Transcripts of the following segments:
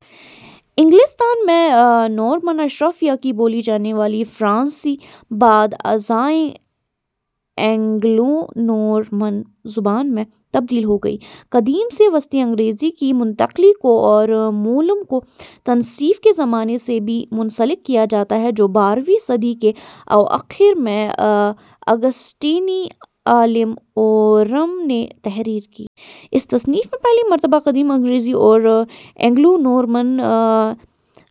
۔ انگلستان میں نورمن اشرافیہ کی بولی جانے والی فرانسیسی بعد ازاں اینگلو نورمن زبان میں تبدیل ہو گئی۔ قدیم سے وسطی انگریزی کی منتقلی کو اورمولم کی تصنیف کے زمانے سے بھی منسلک کیا جاتا ہے، جو بارہویں صدی کے اواخر میں آگسٹینی عالم اورم نے تحریر کی۔ اس تصنیف میں پہلی مرتبہ قدیم انگریزی اور اینگلو نورمن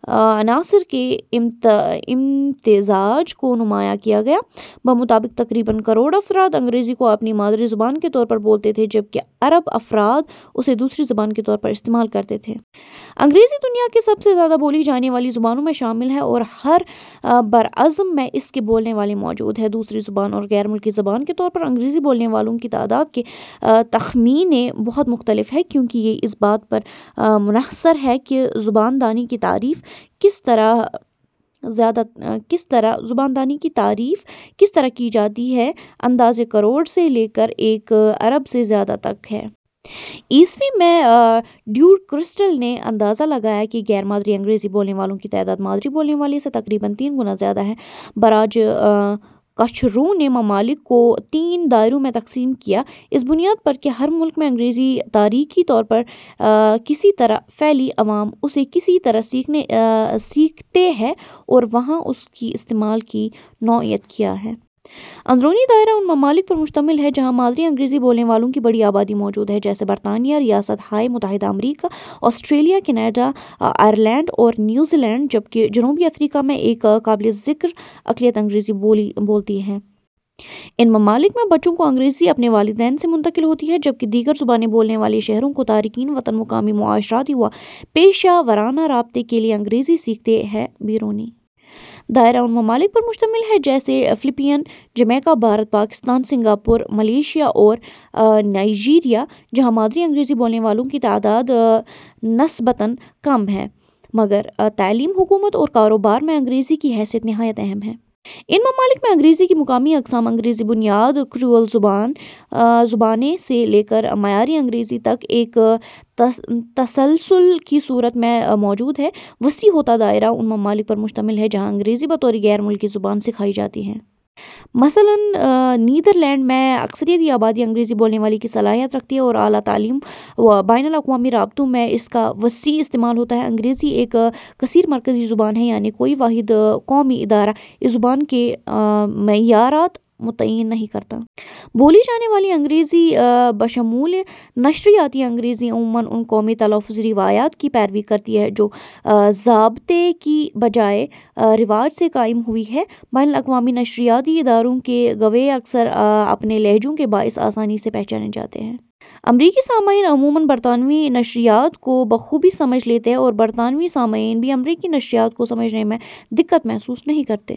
عناصر کے امتزاج کو نمایاں کیا گیا۔ بمطابق ، تقریباً کروڑ افراد انگریزی کو اپنی مادری زبان کے طور پر بولتے تھے، جبکہ ارب افراد اسے دوسری زبان کے طور پر استعمال کرتے تھے۔ انگریزی دنیا کی سب سے زیادہ بولی جانے والی زبانوں میں شامل ہے اور ہر براعظم میں اس کے بولنے والے موجود ہیں۔ دوسری زبان اور غیر ملکی زبان کے طور پر انگریزی بولنے والوں کی تعداد کے تخمینے بہت مختلف ہیں، کیونکہ یہ اس بات پر منحصر ہیں کہ زبان دانی کی تعریف کس طرح کی جاتی ہے؛ اندازے کروڑ سے لے کر ایک ارب سے زیادہ تک ہیں۔ ء میں ڈیوڈ کرسٹل نے اندازہ لگایا کہ غیر مادری انگریزی بولنے والوں کی تعداد مادری بولنے والوں سے تقریباً تین گنا زیادہ ہے۔ براج کچھرو نے ممالک کو تین دائروں میں تقسیم کیا، اس بنیاد پر کہ ہر ملک میں انگریزی تاریخی طور پر کس طرح پھیلی، عوام اسے کس طرح سیکھتے ہیں اور وہاں اس کے استعمال کی نوعیت کیا ہے۔ اندرونی دائرہ اُن ممالک پر مشتمل ہے جہاں مادری انگریزی بولنے والوں کی بڑی آبادی موجود ہے، جیسے برطانیہ ، ریاست ہائے متحدہ امریکہ ، آسٹریلیا ، کینیڈا ، آئرلینڈ اور نیوزی لینڈ ؛ جبکہ جنوبی افریقا میں ایک قابلِ ذکر اقلیت انگریزی بولتی ہے۔ ان ممالک میں بچوں کو انگریزی اپنے والدین سے منتقل ہوتی ہے، جبکہ دیگر زبانیں بولنے والے شہری اور تارکین وطن مقامی معاشرتی و پیشہ ورانہ رابطے کے لیے انگریزی سیکھتے ہیں۔ بیرونی دائرہ اُن ممالک پر مشتمل ہے جیسے Philippines, Jamaica, Bharat, Pakistan, Singapore, Malaysia اور نائجیریا ، جہاں مادری انگریزی بولنے والوں کی تعداد نسبتاً کم ہے، مگر تعلیم، حکومت اور کاروبار میں انگریزی کی حیثیت نہایت اہم ہے۔ ان ممالک میں انگریزی کی مقامی اقسام، انگریزی بنیاد کریول زبانیں سے لے کر معیاری انگریزی تک، ایک تسلسل کی صورت میں موجود ہیں۔ وسیع ہوتا دائرہ اُن ممالک پر مشتمل ہے جہاں انگریزی بطور غیر ملکی زبان سکھائی جاتی ہے۔ مثلاً نیدرلینڈ میں اکثریتی آبادی انگریزی بولنے کی صلاحیت رکھتی ہے اور اعلیٰ تعلیم و بین الاقوامی رابطوں میں اس کا وسیع استعمال ہوتا ہے۔ انگریزی ایک کثیرمرکزی زبان ہے، یعنی کوئی واحد قومی ادارہ اس زبان کے معیارات متعین نہیں کرتا۔ بولی جانے والی انگریزی، بشمول نشریاتی انگریزی، عموماً اُن قومی تلفظی روایات کی پیروی کرتی ہے جو ضابطے کی بجائے رواج سے قائم ہوئی ہیں۔ بین الاقوامی نشریاتی اداروں کے گویے اکثر اپنے لہجوں کے باعث آسانی سے پہچانے جاتے ہیں۔ ۔ امریکی سامعین عموماً برطانوی نشریات کو بخوبی سمجھ لیتے ہیں اور برطانوی سامعین بھی امریکی نشریات کو سمجھنے میں دقت محسوس نہیں کرتے۔